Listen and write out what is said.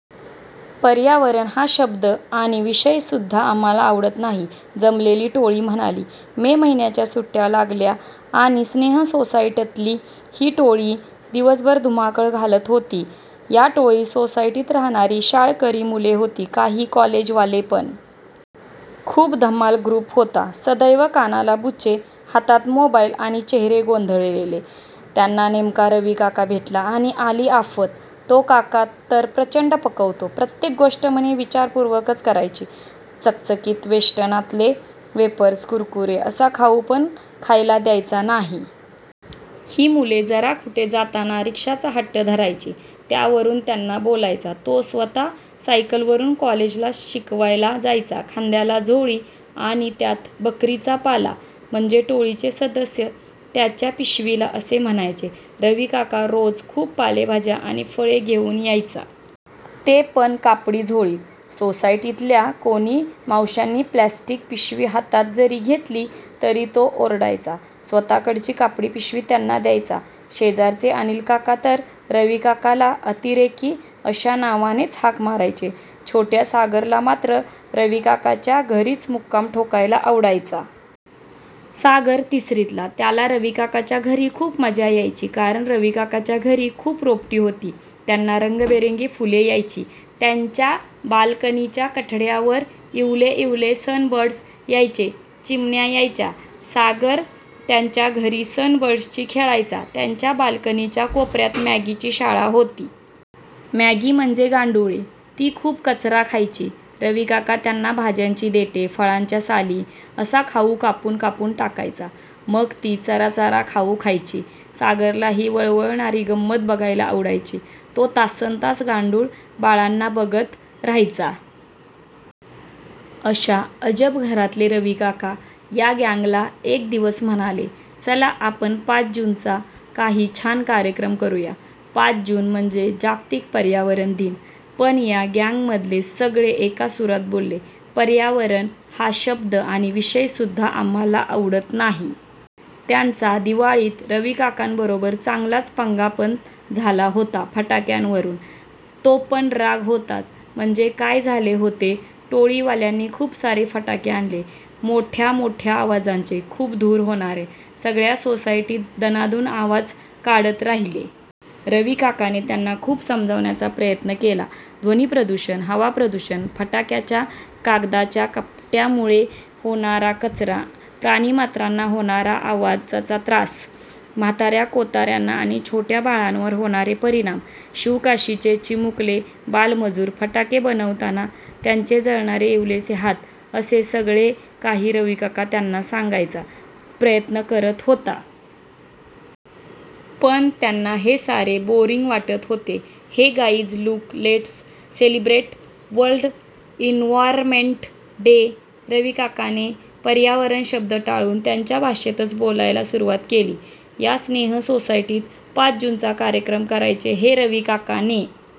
पर्यावरण हा शब्द आणि विषय सुद्धा आम्हाला आवडत नाही,' जमलेली टोळी म्हणाली. मे महिन्याच्या सुट्ट्या लागल्या आणि स्नेह सोसायटीतली ही टोळी दिवसभर धुमाकूळ घालत होती. या टोळीत सोसायटीत राहणारी शाळकरी मुले होती, काही कॉलेजवाले पण! खूप धमाल ग्रुप होता. सदैव कानाला बुचे, हातात मोबाईल आणि चेहरे गोंधळलेले! त्यांना नेमका रविकाका भेटला. आणि आली आफत! तो काका तर प्रचंड पकवतो. प्रत्येक गोष्ट म्हणे विचारपूर्वकच करायची. चकचकीत वेष्टनातले वेफर्स, कुरकुरे असा खाऊ पण खायला द्यायचा नाही. ही मुले जरा कुठे जाताना रिक्षाचा हट्ट धरायची, त्यावरून त्यांना बोलायचा. तो स्वतः सायकलवरून कॉलेजला शिकवायला जायचा. खांद्याला झोळी आणि त्यात 'बकरीचा पाला'! म्हणजे टोळीचे सदस्य त्याच्या पिशवीला असे म्हणायचे. रविकाका रोज खूप पालेभाज्या आणि फळे घेऊन यायचा. ते पण कापडी झोळीत. सोसायटीतल्या कोणी मावश्यांनी प्लास्टिक पिशवी हातात जरी घेतली तरी तो ओरडायचा, स्वतःकडची कापडी पिशवी त्यांना द्यायचा. शेजारचे अनिलकाका तर रविकाकाला 'अतिरेकी' अशा नावानेच हाक मारायचे. छोट्या सागरला मात्र रविकाकाच्या घरीच मुक्काम ठोकायला आवडायचा. सागर तिसरीतला. त्याला रविकाकाच्या घरी खूप मजा यायची, कारण रविकाकाच्या घरी खूप रोपटी होती. त्यांना रंगीबेरंगी फुले यायची. त्याच्या बाल्कनीच्या कठड्यावर इवले इवले सनबर्ड्स यायचे. चिमण्या यायच्या. सागर त्याच्या घरी सनबर्डशी खेळायचा. त्याच्या बाल्कनीच्या कोपऱ्यात मॅगीची शाळा होती. मॅगी म्हणजे गांडुळे. ती खूप कचरा खायची. रविकाका त्यांना भाज्यांची देठे, फळांच्या साली असा खाऊ कापून कापून टाकायचा. मग ती चराचरा खाऊ खायची. सागरला ही वळवळणारी गंमत बघायला आवडायची. तो तासनतास गांडूळ बाळांना बघत राहायचा. अशा अजब घरातले रविकाका या गँगला एक दिवस म्हणाले, 'चला आपण पाच जूनचा काही छान कार्यक्रम करूया. पाच जून म्हणजे जागतिक पर्यावरण दिन.' पण या गँगमधले सगळे एका सुरात बोलले- 'पर्यावरण हा शब्द आणि विषय सुद्धा आम्हाला आवडत नाही!' त्यांचा दिवाळीत रविकाकाबरोबर चांगलाच पंगा पण झाला होता फटाक्यांवरून, तो पण राग होताच. म्हणजे काय झाले होते, टोळीवाल्यांनी खूप सारे फटाके आणले. मोठ्या मोठ्या आवाजाचे, खूप धूर होणारे. सगळ्या सोसायटीत दणाणून आवाज काढत राहिले. रविकाकाने त्यांना खूप समजावण्याचा प्रयत्न केला. ध्वनी प्रदूषण, हवा प्रदूषण, फटाक्याच्या कागदाच्या कपट्यांमुळे होणारा कचरा, प्राणीमात्रांना होणारा आवाजाचा त्रास, म्हाताऱ्या-कोताऱ्यांना आणि छोट्या बाळांवर होणारे परिणाम, शिवकाशीचे चिमुकले बालमजूर, फटाके बनवताना त्यांचे जळणारे इवलेसे हात असे सगळे काही रविकाका त्यांना सांगायचा प्रयत्न करत होता. पण त्यांना हे सारे बोअरिंग वाटत होते. 'Hey guys, look let's celebrate world environment day!' रविकाकाने पर्यावरण शब्द टाळून त्यांच्या भाषेतच बोलायला सुरुवात केली. या स्नेह सोसायटीत पाच जूनचा कार्यक्रम करायचा हे रविकाकाने